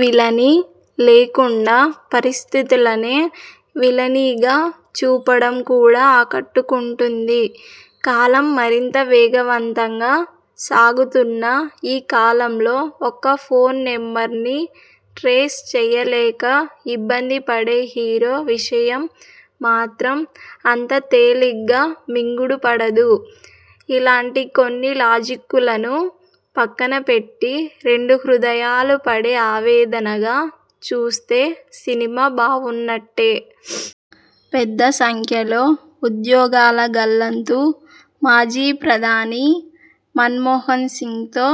Villainy లేకుండా పరిస్థితులనే విలనీగా చూపడం కూడా ఆకట్టకుంటుంది. కాలం మరింత వేగవంతంగా సాగుతున్న ఈ కాలంలో ఒక్క ఫోన్ నెంబర్ని ట్రేస్ చేయలేక ఇబ్బందిపడే హీరో విషయం మాత్రం అంత తేలిగ్గా మింగుడుపడదు. ఇలాంటి కొన్ని లాజిక్కులను పక్కనపెట్టి, రెండు హృదయాలు పడే ఆవేదనగా చూస్తే సినిమా బావున్నట్టే. పెద్ద సంఖ్యలో ఉద్యోగాల గల్లంతు. ఇది మాజీ ప్రధాని మన్మోహన్సింగ్తో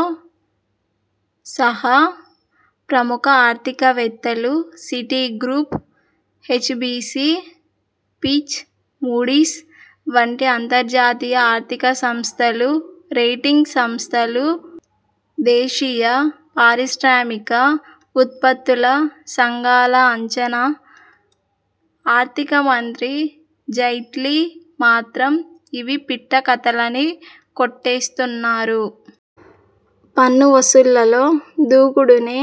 సహా ప్రముఖ ఆర్థికవేత్తలు, సిటిగ్రూప్, హెచ్ఎస్బిసి, ఫిచ్, మూడీస్ వంటి అంతర్జాతీయ ఆర్థిక సంస్థలు, రేటింగ్ సంస్థలు, దేశీయ పారిశ్రామిక ఉత్పత్తుల సంఘాల అంచనా. ఆర్థిక మంత్రి జైట్లీ మాత్రం ఇవి పిట్ట కథలని కొట్టేస్తున్నారు. పన్ను వసూళ్లలో దూకుడునే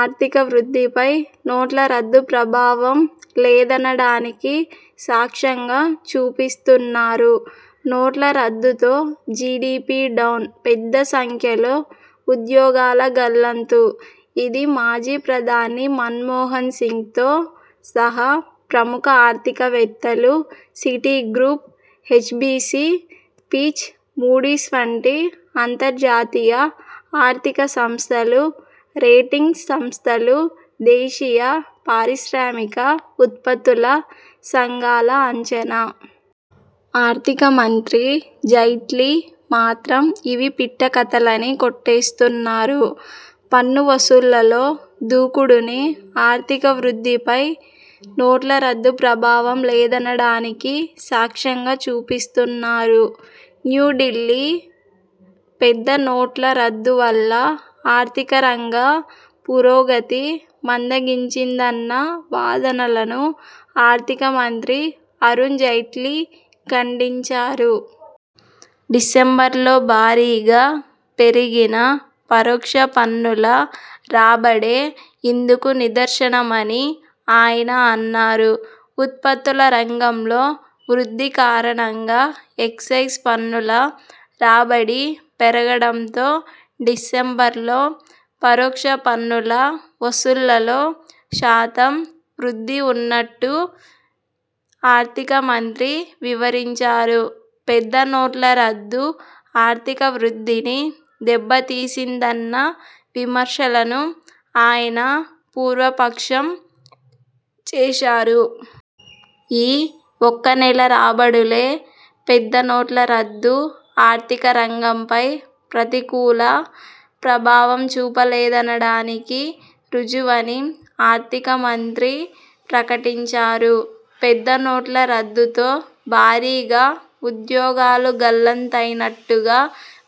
ఆర్థిక వృద్ధిపై నోట్ల రద్దు ప్రభావం లేదనడానికి సాక్ష్యంగా చూపిస్తున్నారు. నోట్ల రద్దుతో జిడిపి డౌన్. పెద్ద సంఖ్యలో ఉద్యోగాల గల్లంతు. ఇది మాజీ ప్రధాని మన్మోహన్సింగ్తో సహా ప్రముఖ ఆర్థికవేత్తలు, సిటిగ్రూప్, హెచ్ఎస్బిసి, ఫిచ్, మూడీస్ వంటి అంతర్జాతీయ ఆర్థిక సంస్థలు, రేటింగ్ సంస్థలు, దేశీయ పారిశ్రామిక ఉత్పత్తుల సంఘాల అంచనా. ఆర్థిక మంత్రి జైట్లీ మాత్రం ఇవి పిట్ట కథలని కొట్టేస్తున్నారు. పన్ను వసూళ్లలో దూకుడునే ఆర్థిక వృద్ధిపై నోట్ల రద్దు ప్రభావం లేదనడానికి సాక్ష్యంగా చూపిస్తున్నారు. న్యూఢిల్లీ: పెద్ద నోట్ల రద్దు వల్ల ఆర్థికరంగ పురోగతి మందగించిందన్న వాదనలను ఆర్థిక మంత్రి అరుణ్ జైట్లీ ఖండించారు. డిసెంబర్లో భారీగా పెరిగిన పరోక్ష పన్నుల రాబడే ఇందుకు నిదర్శనమని ఆయన అన్నారు. ఉత్పత్తుల రంగంలో వృద్ధి కారణంగా ఎక్సైజ్ పన్నుల రాబడి పెరగడంతో డిసెంబర్లో పరోక్ష పన్నుల వసూళ్లలో శాతం వృద్ధి ఉన్నట్టు ఆర్థిక మంత్రి వివరించారు. పెద్ద నోట్ల రద్దు ఆర్థిక వృద్ధిని దెబ్బతీసిందన్న విమర్శలను ఆయన పూర్వపక్షం చేశారు. ఈ ఒక్క నెల రాబడులే, పెద్ద నోట్ల రద్దు ఆర్థిక రంగంపై ప్రతికూల ప్రభావం చూపలేదనడానికి రుజువని ఆర్థిక మంత్రి ప్రకటించారు. పెద్ద నోట్ల రద్దుతో భారీగా ఉద్యోగాలు గల్లంతైనట్టుగా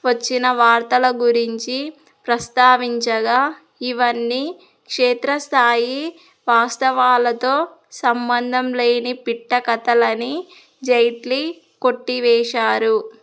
వచ్చిన వార్తల గురించి ప్రస్తావించగా, ఇవన్నీ క్షేత్రస్థాయి వాస్తవాలతో సంబంధంలేని పిట్ట కథలని జైట్లీ కొట్టివేశారు.